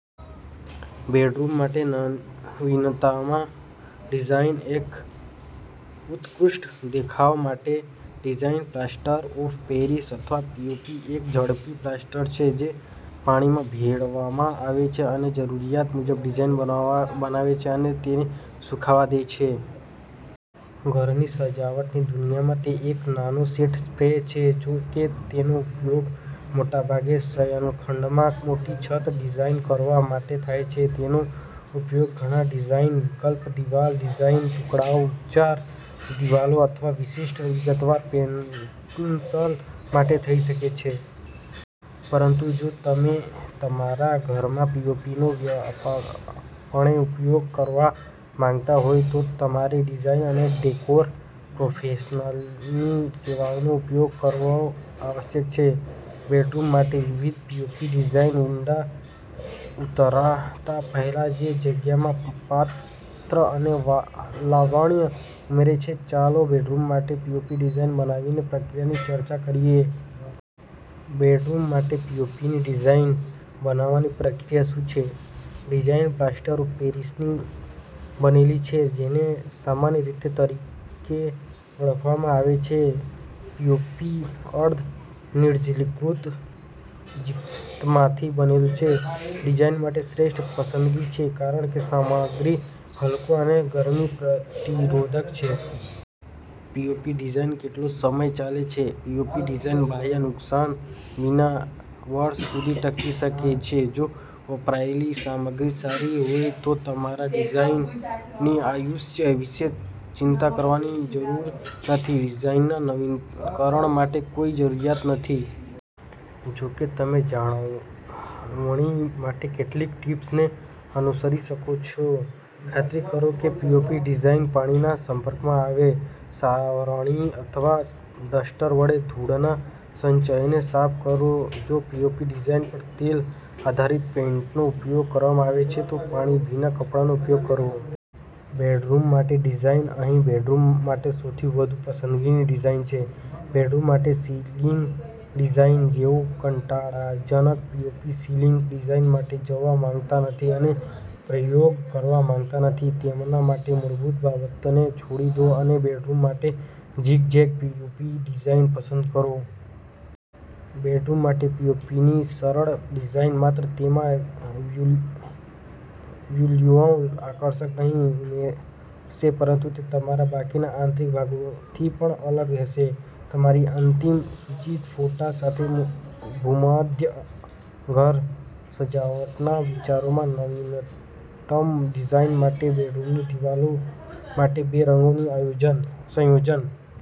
Bedroom માટે નવીનતમ designs એક ઉત્કૃષ્ટ દેખાવ માટે ડિઝાઇન્સ પ્લાસ્ટર ઓફ પેરિસ અથવા પીઓપી એક ઝડપી પ્લાસ્ટર છે જે પાણીમાં ભેળવવામાં આવે છે અને જરૂરિયાત મુજબ ડિઝાઇન બનાવવે છે અને તેને સૂકવવા દે છે. ઘરની સજાવટની દુનિયામાં તે એક નાનો સેટ સ્પ્રે છે. જો કે તેનો ઉપયોગ મોટાભાગે શયનખંડમાં ખોટી છત ડિઝાઇન કરવા માટે થાય છે, તેનો ઉપયોગ ઘણા ડિઝાઇન વિકલ્પો દિવાલ ડિઝાઇન ટુકડાઓ, ઉચ્ચાર દિવાલો અથવા વિશિષ્ટ વિગતવાર પેનલ્સ માટે થઈ શકે છે. પરંતુ જો તમે તમારા ઘરમાં પીઓપીનો વ્યાપકપણે ઉપયોગ કરવા માંગતા હોવ તો તમારે ડિઝાઇન અને ડેકોર પ્રોફેશનલ્સની સેવાઓનો ઉપયોગ કરવો આવશ્યક છે. બેડરૂમ માટે વિવિધ પીઓપી ડિઝાઇનમાં ઊંડા ઉતરતા પહેલા, જે જગ્યામાં પાત્ર અને લાવણ્ય ઉમેરે છે, ચાલો બેડરૂમ માટે પીઓપી ડિઝાઇન બનાવવાની પ્રક્રિયાની ચર્ચા કરીએ. બેડરૂમ માટે પીઓપી ડિઝાઇન બનાવવાની પ્રક્રિયા શું છે? ડિઝાઇન પ્લાસ્ટર ઑફ પેરિસથી બનેલી છે જેને સામાન્ય રીતે તરીકે ઓળખવામાં આવે છે. પીઓપી અર્ધ નિર્જલીકૃત જીપ્સમથી બનેલું છે. ડિઝાઇન માટે શ્રેષ્ઠ પસંદગી છે કારણ કે સામગ્રી હલકો અને ગરમી પ્રતિરોધક છે. પીઓપી ડિઝાઇન કેટલો સમય ચાલે છે? પીઓપી ડિઝાઇન બાહ્ય નુકસાન વિના વર્ષ સુધી ટકી શકે છે. જો વપરાયેલી સામગ્રી સારી હોય તો તમારે ડિઝાઇનની આયુષ્ય વિશે ચિંતા કરવાની જરૂર નથી. ડિઝાઇનના નવીનીકરણ માટે કોઈ જરૂરિયાત નથી. જો કે, તમે જાળવણી માટે કેટલીક ટીપ્સને અનુસરી શકો છો. ખાતરી કરો કે પીઓપી ડિઝાઇન પાણીના સંપર્કમાં આવે સાવરણી અથવા ડસ્ટર વડે ધૂળના સંચયને સાફ કરો જો પીઓપી ડિઝાઇન પર તેલ આધારિત પેઇન્ટનો ઉપયોગ કરવામાં આવે છે, તો પછી ભીના કપડાનો ઉપયોગ કરો. બેડરૂમ માટે ડિઝાઇન અહીં બેડરૂમ માટે સૌથી વધુ પસંદગીની ડિઝાઇન છે બેડરૂમ માટે સિલિંગ ડિઝાઇન. જેઓ કંટાળાજનક પીઓપી સીલિંગ ડિઝાઇન માટે જવા માંગતા નથી અને પ્રયોગ કરવા માંગતા નથી, તેમના માટે મૂળભૂત બાબતોને છોડી દો અને બેડરૂમ માટે ઝિગ ઝેગ પીઓપી ડિઝાઇન પસંદ કરો. બેડરૂમ માટે પીઓપી સરળ ડિઝાઇન માત્ર તેમાં વિઝ્યુઅલ આકર્ષણ નહીં ઉમેરશે પરંતુ તે તમારા બાકીના આંતરિક ભાગોથી પણ અલગ હશે. તમારી અંતિમ સૂચિ, ફોટા સાથે ભૂમધ્ય ઘર સજાવટના વિચારોમાં નવીનતમ ડિઝાઇન માટે બેડરૂમની દિવાલો માટે બે રંગનું સંયોજન.